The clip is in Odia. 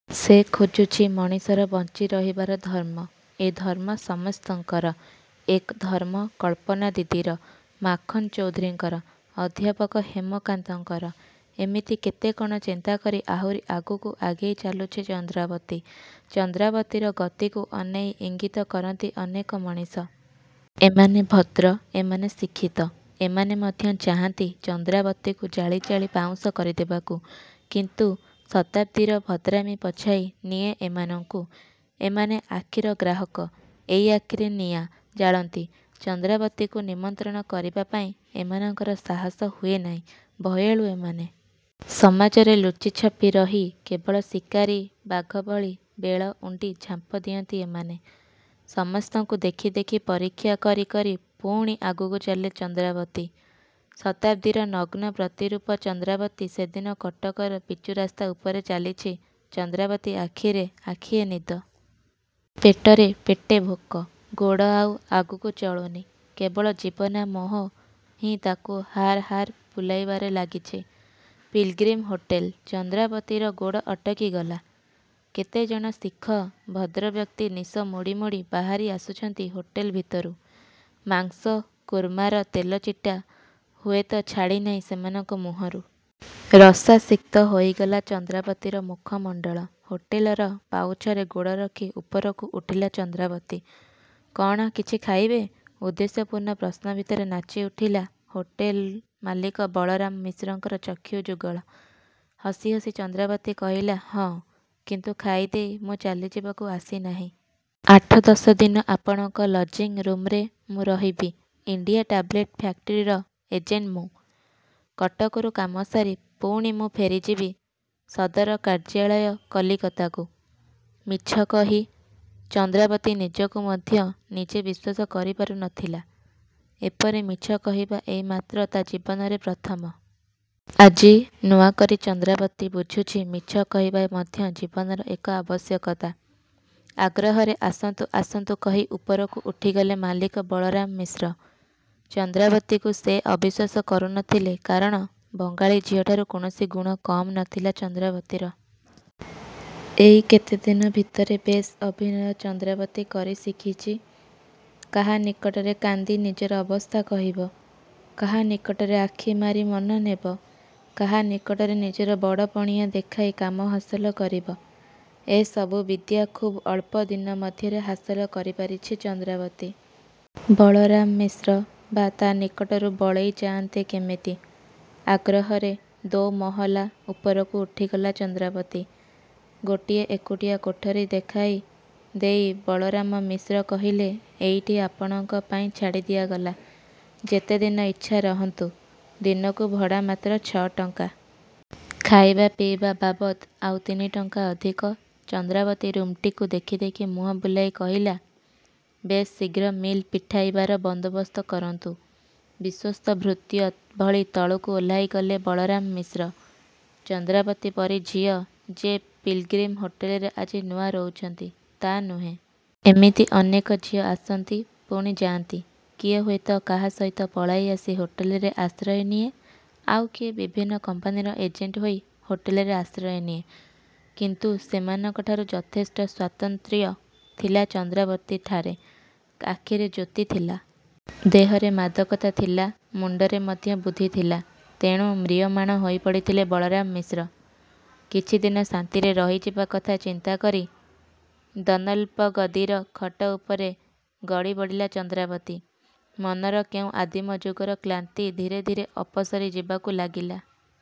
ସେ ଖୋଜୁଛି ମଣିଷର ବଞ୍ଚି ରହିବାର ଧର୍ମ। ଏ ଧର୍ମ ସମସ୍ତଙ୍କର। ଏ ଧର୍ମ କଳ୍ପନା ଦିଦିର, ମାଖନ୍ ଚୌଧୁରୀଙ୍କର ଅଧ୍ୟାପକ ହେମକାନ୍ତଙ୍କର। ଏମିତି କେତେ କ'ଣ ଚିନ୍ତା କରି ଆହୁରି ଆଗକୁ ଆଗେଇ ଚାଲୁଛି ଚନ୍ଦ୍ରାବତୀ। ଚନ୍ଦ୍ରାବତୀର ଗତିକୁ ଅନେଇ ଇଙ୍ଗୀତ କରନ୍ତି ଅନେକ ମଣିଷ। ଏମାନେ ଭଦ୍ର, ଏମାନେ ଶିକ୍ଷିତ। ଏମାନେ ମଧ୍ୟ ଚାହାଁନ୍ତି ଚନ୍ଦ୍ରାବତୀକୁ ଜାଳି ଜାଳି ପାଉଁଶ କରିଦେବାକୁ। କିନ୍ତୁ.. ଶତାବ୍ଦୀର ଭଦ୍ରାମୀ ପଛାଇ ନିଏ ଏମାନଙ୍କୁ। ଏମାନେ ଆଖିର ଗ୍ରାହକ। ଏଇ ଆଖିରେ ନିଆଁ ଜାଳନ୍ତି। ଚନ୍ଦ୍ରାବତୀକୁ ନିମନ୍ତ୍ରଣ କରିବା ପାଇଁ ଏମାନଙ୍କର ସାହସ ହୁଏନାହିଁ, ଭୟାଳୁ ଏମାନେ। ସମାଜରେ ଲୁଚି ଛପି ରହି କେବଳ ଶିକାରୀ ବାଘ ଭଳି ବେଳ ଉଣ୍ଡି ଝାମ୍ପ ଦିଅନ୍ତି ଏମାନେ। ସମସ୍ତଙ୍କୁ ଦେଖି ଦେଖି ପରୀକ୍ଷା କରି କରି ପୁଣି ଆଗକୁ ଚାଲେ ଚନ୍ଦ୍ରାବତୀ। ଶତାବ୍ଦୀର ନଗ୍ନ ପ୍ରତିରୂପ ଚନ୍ଦ୍ରାବତୀ ସେଦିନ କଟକର ପିଚୁ ରାସ୍ତା ଉପରେ ଚାଲିଛି ଚନ୍ଦ୍ରାବତୀ ଆଖିରେ ଆଖିଏ ନିଦ ପେଟରେ ପେଟେ ଭୋକ, ଗୋଡ଼ ଆଉ ଆଗକୁ ଚଳୁନି। କେବଳ ଜୀବନା ମୋହ ହିଁ ତାକୁ ହାର ହାର ବୁଲାଇବାରେ ଲାଗିଛି। ପିଲ୍ଗ୍ରିମ୍ ହୋଟେଲ ଚନ୍ଦ୍ରାବତୀର ଗୋଡ଼ ଅଟକିଗଲା କେତେ ଜଣ ଶିଖ ଭଦ୍ରବ୍ୟକ୍ତି ନିଶ ମୋଡ଼ି ମୋଡ଼ି ବାହାରି ଆସୁଛନ୍ତି ହୋଟେଲ ଭିତରୁ-। ମାଂସ କୁର୍ମାର ତେଲଚିଟା ହୁଏତ ଛାଡ଼ିନାହିଁ ସେମାନଙ୍କ ମୁହଁରୁ। ରସାସିକ୍ତ ହୋଇଗଲା ଚନ୍ଦ୍ରାବତୀର ମୁଖମଣ୍ଡଳ। ହୋଟେଲର ପାଉଛରେ ଗୋଡ଼ ରଖି ଉପରକୁ ଉଠିଲା ଚନ୍ଦ୍ରାବତୀ ''କ'ଣ କିଛି ଖାଇବେ? '' ଉଦ୍ଦେଶ୍ୟପୂର୍ଣ୍ଣ ପ୍ରଶ୍ନ ଭିତରେ ନାଚିଉଠିଲା ହୋଟେଲ ମାଲିକ ବଳରାମ ମିଶ୍ରଙ୍କର ଚକ୍ଷୁ ଯୁଗଳ। ହସି ହସି ଚନ୍ଦ୍ରାବତୀ କହିଲା ''ହଁ, କିନ୍ତୁ ଖାଇଦେଇ ମୁଁ ଚାଲିଯିବାକୁ ଆସିନାହିଁ। ଆଠ ଦଶ ଦିନ ଆପଣଙ୍କ ଲଜିଂ ରୁମ୍ରେ ମୁଁ ରହିବି। ଇଣ୍ଡିଆ ଟାବ୍ଲେଟ୍ ଫ୍ୟାକ୍ଟାରୀର ଏଜେଣ୍ଟ୍ ମୁଁ। କଟକରୁ କାମସାରି ପୁଣି ମୁଁ ଫେରିଯିବି ସଦର କାର୍ଯ୍ୟାଳୟ କଲିକତାକୁ। '' ମିଛ କହି ଚନ୍ଦ୍ରାବତୀ ନିଜକୁ ମଧ୍ୟ ନିଜେ ବିଶ୍ୱାସ କରି ପାରୁ ନଥିଲା। ଏପରି ମିଛ କହିବା ଏଇ ମାତ୍ର ତା' ଜୀବନରେ ପ୍ରଥମ। ଆଜି ନୂଆ କରି ଚନ୍ଦ୍ରାବତୀ ବୁଝୁଛି ମିଛ କହିବା ମଧ୍ୟ ଜୀବନର ଏକ ଆବଶ୍ୟକତା। ଆଗ୍ରହରେ ଆସନ୍ତୁ ଆସନ୍ତୁ କହି ଉପରକୁ ଉଠିଗଲେ ମାଲିକ ବଳରାମ ମିଶ୍ର। ଚନ୍ଦ୍ରାବତୀକୁ ସେ ଅବିଶ୍ୱାସ କରୁ ନ ଥିଲେ। କାରଣ, ବଙ୍ଗାଳୀ ଝିଅଠାରୁ କୌଣସି ଗୁଣ କମ୍ ନ ଥିଲା ଚନ୍ଦ୍ରାବତୀର। ଏଇ କେତେଦିନ ଭିତରେ ବେଶ୍ ଅଭିନୟ ଚନ୍ଦ୍ରାବତୀ କରି ଶିଖିଛି। କାହା ନିକଟରେ କାନ୍ଦି ନିଜର ଅବସ୍ଥା କହିବ କାହା ନିକଟରେ ଆଖି ମାରି ମନ ନେବ କାହା ନିକଟରେ ନିଜର ବଡ଼ପଣିଆଁ ଦେଖାଇ କାମ ହାସଲ କରିବ ଏସବୁ ବିଦ୍ୟା ଖୁବ୍ଅଳ୍ପ ଦିନ ମଧ୍ୟରେ ହାସଲ କରି ପାରିଛି ଚନ୍ଦ୍ରାବତୀ। ବଳରାମ ମିଶ୍ର ବା ତା' ନିକଟରୁ ବଳେଇ ଯାଆନ୍ତେ କେମିତି? ଆଗ୍ରହରେ ଦୋ'ମହଲା ଉପରକୁ ଉଠିଗଲା ଚନ୍ଦ୍ରାବତୀ। ଗୋଟିଏ ଏକୁଟିଆ କୋଠରୀ ଦେଖାଇ ଦେଇ ବଳରାମ ମିଶ୍ର କହିଲେ-''ଏଇଟି ଆପଣଙ୍କ ପାଇଁ ଛାଡ଼ି ଦିଆଗଲା, ଯେତେ ଦିନ ଇଚ୍ଛା ରହନ୍ତୁ। ଦିନକୁ ଭଡ଼ା ମାତ୍ର ଛଅ ଟଙ୍କା। ଖାଇବା ପିଇବା ବାବଦ୍ ଆଉ ତିନି ଟଙ୍କା ଅଧିକ। '' ଚନ୍ଦ୍ରାବତୀ ରୁମ୍ଟିକୁ ଦେଖି ଦେଖି ମୁହଁ ବୁଲାଇ କହିଲା-''ବେଶ୍ ଶୀଘ୍ର ମିଲ୍ ପିଠାଇବାର ବନ୍ଦୋବସ୍ତ କରନ୍ତୁ। '' ବିଶ୍ୱସ୍ତ ଭୃତ୍ୟ ଭଳି ତଳକୁ ଓହ୍ଳାଇଗଲେ ବଳରାମ ମିଶ୍ର। ଚନ୍ଦ୍ରାବତୀ ପରି ଝିଅ ଯେ ପିଲ୍ଗ୍ରିମ ହୋଟେଲରେ ଆଜି ନୂଆ ରହୁଛନ୍ତି, ତା' ନୁହେଁ। ଏମିତି ଅନେକ ଝିଅ ଆସନ୍ତି ପୁଣି ଯାଆନ୍ତି। କିଏ ହୁଏତ କାହା ସହିତ ପଳାଇ ଆସି ହୋଟେଲରେ ଆଶ୍ରୟ ନିଏ। ଆଉ କିଏ ବିଭିନ୍ନ କମ୍ପାନୀର ଏଜେଣ୍ଟ ହୋଇ ହୋଟଲରେ ଆଶ୍ରୟ ନିଏ। କିନ୍ତୁ ସେମାନଙ୍କଠାରୁ ଯଥେଷ୍ଟ ସ୍ୱାତନ୍ତ୍ର୍ୟ ଥିଲା ଚନ୍ଦ୍ରାବତୀଠାରେ। ଆଖିରେ ଜ୍ୟୋତି ଥିଲା ଦେହରେ ମାଦକତା ଥିଲା ମୁଣ୍ଡରେ ମଧ୍ୟ ବୁଦ୍ଧି ଥିଲା। ତେଣୁ ମ୍ରିୟମାଣ ହୋଇ ପଡ଼ିଥିଲେ ବଳରାମ ମିଶ୍ର। କିଛିଦିନ ଶାନ୍ତିରେ ରହିଯିବା କଥା ଚିନ୍ତା କରି ଡନ୍ଲପ୍ଗଦିର ଖଟ ଉପରେ ଗଡ଼ି ପଡ଼ିଲା ଚନ୍ଦ୍ରାବତୀ। ମନର କେଉଁ ଆଦିମ ଯୁଗର କ୍ଲାନ୍ତି ଧୀରେ ଧୀରେ ଅପସରି ଯିବାକୁ ଲାଗିଲା।